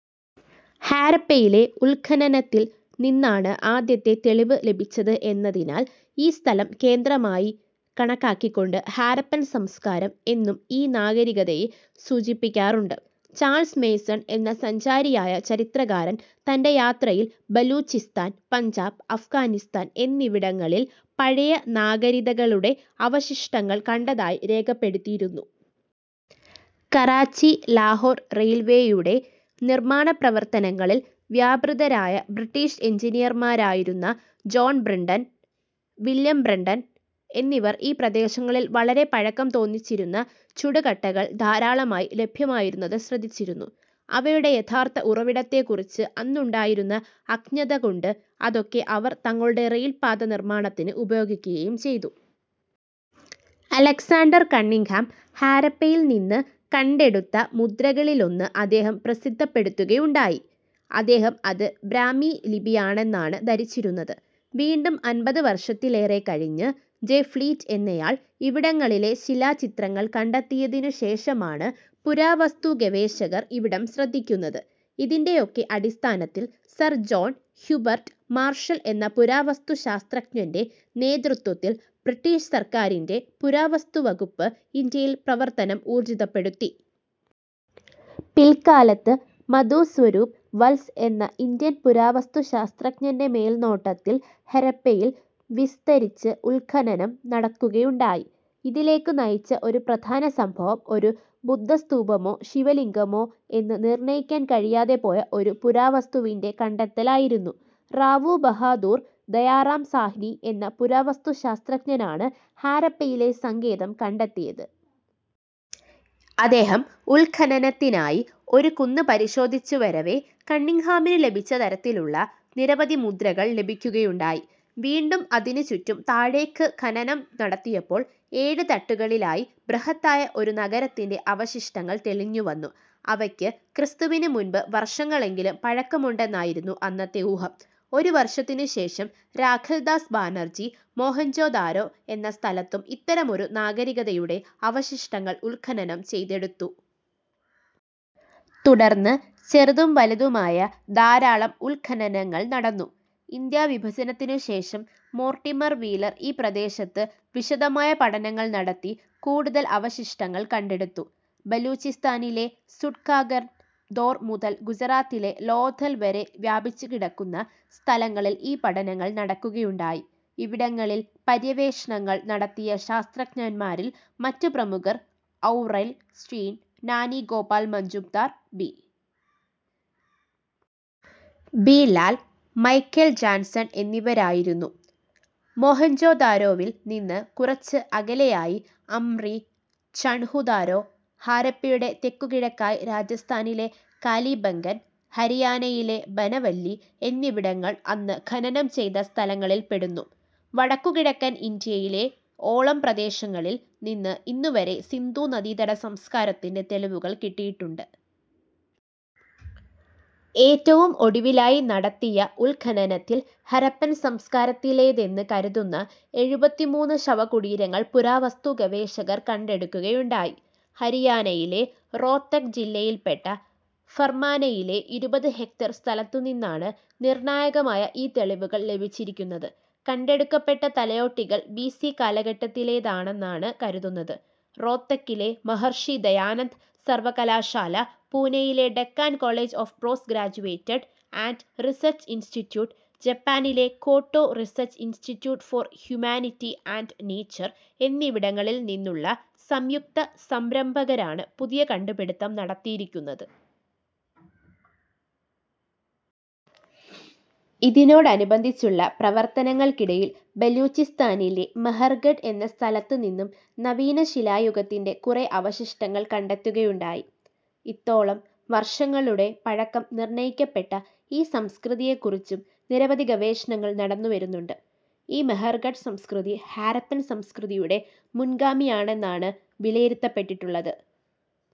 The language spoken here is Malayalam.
ഹാരപ്പയിലെ ഉത്ഖനനത്തിൽ നിന്നാണ് ആദ്യത്തെ തെളിവ് ലഭിച്ചത് എന്നതിനാൽ ഈ സ്ഥലം കേന്ദ്രമായി കണക്കാക്കിക്കൊണ്ട് ഹാരപ്പൻ സംസ്കാരം എന്നും ഈ നാഗരികതയെ സൂചിപ്പിക്കാറുണ്ട്. ചാൾസ് മേസൺ എന്ന സഞ്ചാരിയായ ചരിത്രകാരൻ തൻ്റെ യാത്രയിൽ ബലൂചിസ്ഥാൻ, പഞ്ചാബ്, അഫ്ഗാനിസ്ഥാൻ എന്നിവിടങ്ങളിൽ പഴയ നാഗരികതകളുടെ അവശിഷ്ടങ്ങൾ കണ്ടതായി രേഖപ്പെടുത്തിയിരുന്നു. കറാച്ചി ലാഹോർ റെയിൽവേയുടെ നിർമ്മാണ പ്രവർത്തനങ്ങളിൽ വ്യാപൃതരായ ബ്രിട്ടീഷ് എഞ്ചിനീയർമാരായിരുന്ന ജോൺ ബ്രണ്ടൻ, വില്യം ബ്രണ്ടൻ എന്നിവർ ഈ പ്രദേശങ്ങളിൽ വളരെ പഴക്കം തോന്നിച്ചിരുന്ന ചുടുകട്ടകൾ ധാരാളമായി ലഭ്യമായിരുന്നത് ശ്രദ്ധിച്ചിരുന്നു. അവയുടെ യഥാർത്ഥ ഉറവിടത്തെക്കുറിച്ച് അന്നുണ്ടായിരുന്ന അജ്ഞതകൊണ്ട് അതൊക്കെ അവർ തങ്ങളുടെ റെയിൽപ്പാത നിർമ്മാണത്തിന് ഉപയോഗിക്കുകയും ചെയ്തു. അലക്സാണ്ടർ കണ്ണിങ്ഹാം ഹാരപ്പയിൽ നിന്ന് കണ്ടെടുത്ത മുദ്രകളിലൊന്ന് അദ്ദേഹം പ്രസിദ്ധപ്പെടുത്തുകയുണ്ടായി. അദ്ദേഹം അത് ബ്രാഹ്മി ലിപിയാണെന്നാണ് ധരിച്ചിരുന്നത്. വീണ്ടും അൻപത് വർഷത്തിലേറെ കഴിഞ്ഞ് ജെ. ഫ്ലീറ്റ് എന്നയാൾ ഇവിടങ്ങളിലെ ശിലാചിത്രങ്ങൾ കണ്ടെത്തിയതിനു ശേഷമാണ് പുരാവസ്തു ഗവേഷകർ ഇവിടം ശ്രദ്ധിക്കുന്നത്. ഇതിൻ്റെയൊക്കെ അടിസ്ഥാനത്തിൽ സർ ജോൺ ഹ്യൂബെർട്ട് മാർഷൽ എന്ന പുരാവസ്തുശാസ്ത്രജ്ഞൻ്റെ നേതൃത്വത്തിൽ ബ്രിട്ടീഷ് സർക്കാരിൻ്റെ പുരാവസ്തുവകുപ്പ് ഇന്ത്യയിൽ പ്രവർത്തനം ഊർജിതപ്പെടുത്തി. പിൽക്കാലത്ത് മധു സ്വരൂപ് വത്സ് എന്ന ഇന്ത്യൻ പുരാവസ്തുശാസ്ത്രജ്ഞൻ്റെ മേൽനോട്ടത്തിൽ ഹരപ്പയിൽ വിസ്തരിച്ച് ഉത്ഖനനം നടക്കുകയുണ്ടായി. ഇതിലേക്കു നയിച്ച ഒരു പ്രധാന സംഭവം ഒരു ബുദ്ധസ്തൂപമോ ശിവലിംഗമോ എന്ന് നിർണയിക്കാൻ കഴിയാതെപോയ ഒരു പുരാവസ്തുവിൻ്റെ കണ്ടെത്തലായിരുന്നു. റാവു ബഹാദൂർ ദയാറാം സാഹ്നി എന്ന പുരാവസ്തുശാസ്ത്രജ്ഞനാണ് ഹാരപ്പയിലെ സങ്കേതം കണ്ടെത്തിയത്. അദ്ദേഹം ഉത്ഖനനത്തിനായി ഒരു കുന്ന് പരിശോധിച്ചുവരവെ കണ്ണിങ്ഹാമിനു ലഭിച്ച തരത്തിലുള്ള നിരവധി മുദ്രകൾ ലഭിക്കുകയുണ്ടായി. വീണ്ടും അതിനു ചുറ്റും താഴേക്ക് ഖനനം നടത്തിയപ്പോൾ ഏഴ് തട്ടുകളിലായി ബൃഹത്തായ ഒരു നഗരത്തിൻ്റെ അവശിഷ്ടങ്ങൾ തെളിഞ്ഞുവന്നു. അവക്ക് ക്രിസ്തുവിനു മുൻപ് വർഷങ്ങളെങ്കിലും പഴക്കമുണ്ടെന്നായിരുന്നു അന്നത്തെ ഊഹം. ഒരു വർഷത്തിനു ശേഷം രാഖൽ ദാസ് ബാനർജി മോഹൻജോ ദാരോ എന്ന സ്ഥലത്തും ഇത്തരമൊരു നാഗരികതയുടെ അവശിഷ്ടങ്ങൾ ഉത്ഖനനം ചെയ്തെടുത്തു. തുടർന്ന് ചെറുതും വലുതുമായ ധാരാളം ഉത്ഖനനങ്ങൾ നടന്നു. ഇന്ത്യാ വിഭജനത്തിനുശേഷം മോർട്ടീമർ വീലർ ഈ പ്രദേശത്ത് വിശദമായ പഠനങ്ങൾ നടത്തി കൂടുതൽ അവശിഷ്ടങ്ങൾ കണ്ടെടുത്തു. ബലൂചിസ്ഥാനിലെ സുട്കാഗൻ ദോർ മുതൽ ഗുജറാത്തിലെ ലോഥൽ വരെ വ്യാപിച്ചുകിടക്കുന്ന സ്ഥലങ്ങളിൽ ഈ പഠനങ്ങൾ നടക്കുകയുണ്ടായി. ഇവിടങ്ങളിൽ പര്യവേഷണങ്ങൾ നടത്തിയ ശാസ്ത്രജ്ഞന്മാരിൽ മറ്റു പ്രമുഖർ Aurel Stein, Nani Gopal Majumdar, B. B. Lal, Michael Jansen എന്നിവരായിരുന്നു. മോഹൻജോ ദാരോവിൽ നിന്ന് കുറച്ച് അകലെയായി അമ്രി, ചൺഹു ദാരോ, ഹാരപ്പയുടെ തെക്കുകിഴക്കായി രാജസ്ഥാനിലെ കലിബംഗൻ, ഹരിയാനയിലെ ബനവല്ലി എന്നിവിടങ്ങൾ അന്ന് ഖനനം ചെയ്ത സ്ഥലങ്ങളിൽപ്പെടുന്നു. വടക്കുകിഴക്കൻ ഇന്ത്യയിലെ ഓളം പ്രദേശങ്ങളിൽ നിന്ന് ഇന്നുവരെ സിന്ധു നദീതട സംസ്കാരത്തിൻ്റെ തെളിവുകൾ കിട്ടിയിട്ടുണ്ട്. ഏറ്റവും ഒടുവിലായി നടത്തിയ ഉത്ഖനനത്തിൽ ഹരപ്പൻ സംസ്കാരത്തിലേതെന്ന് കരുതുന്ന എഴുപത്തിമൂന്ന് ശവകുടീരങ്ങൾ പുരാവസ്തു ഗവേഷകർ കണ്ടെടുക്കുകയുണ്ടായി. ഹരിയാനയിലെ റോത്തക്ക് ജില്ലയിൽപ്പെട്ട ഫർമാനയിലെ ഇരുപത് ഹെക്ടർ സ്ഥലത്തുനിന്നാണ് നിർണായകമായ ഈ തെളിവുകൾ ലഭിച്ചിരിക്കുന്നത്. കണ്ടെടുക്കപ്പെട്ട തലയോട്ടികൾ ബി. സി. കാലഘട്ടത്തിലേതാണെന്നാണ് കരുതുന്നത്. റോത്തക്കിലെ മഹർഷി ദയാനന്ദ് സർവകലാശാല, പൂനെയിലെ Deccan College of Postgraduate and Research Institute, ജപ്പാനിലെ Kyoto Research Institute for Humanity and Nature എന്നിവിടങ്ങളിൽ നിന്നുള്ള സംയുക്തസംരംഭകരാണ് പുതിയ കണ്ടുപിടിത്തം നടത്തിയിരിക്കുന്നത്. ഇതിനോടനുബന്ധിച്ചുള്ള പ്രവർത്തനങ്ങൾക്കിടയിൽ ബലൂചിസ്ഥാനിലെ മെഹർഗഡ് എന്ന സ്ഥലത്തുനിന്നും നവീന ശിലായുഗത്തിൻ്റെ കുറേ അവശിഷ്ടങ്ങൾ കണ്ടെത്തുകയുണ്ടായി. ത്തോളം വർഷങ്ങളുടെ പഴക്കം നിർണയിക്കപ്പെട്ട ഈ സംസ്കൃതിയെക്കുറിച്ചും നിരവധി ഗവേഷണങ്ങൾ നടന്നുവരുന്നുണ്ട്. ഈ മെഹർഗഢ് സംസ്കൃതി ഹാരപ്പൻ സംസ്കൃതിയുടെ മുൻഗാമിയാണെന്നാണ് വിലയിരുത്തപ്പെട്ടിട്ടുള്ളത്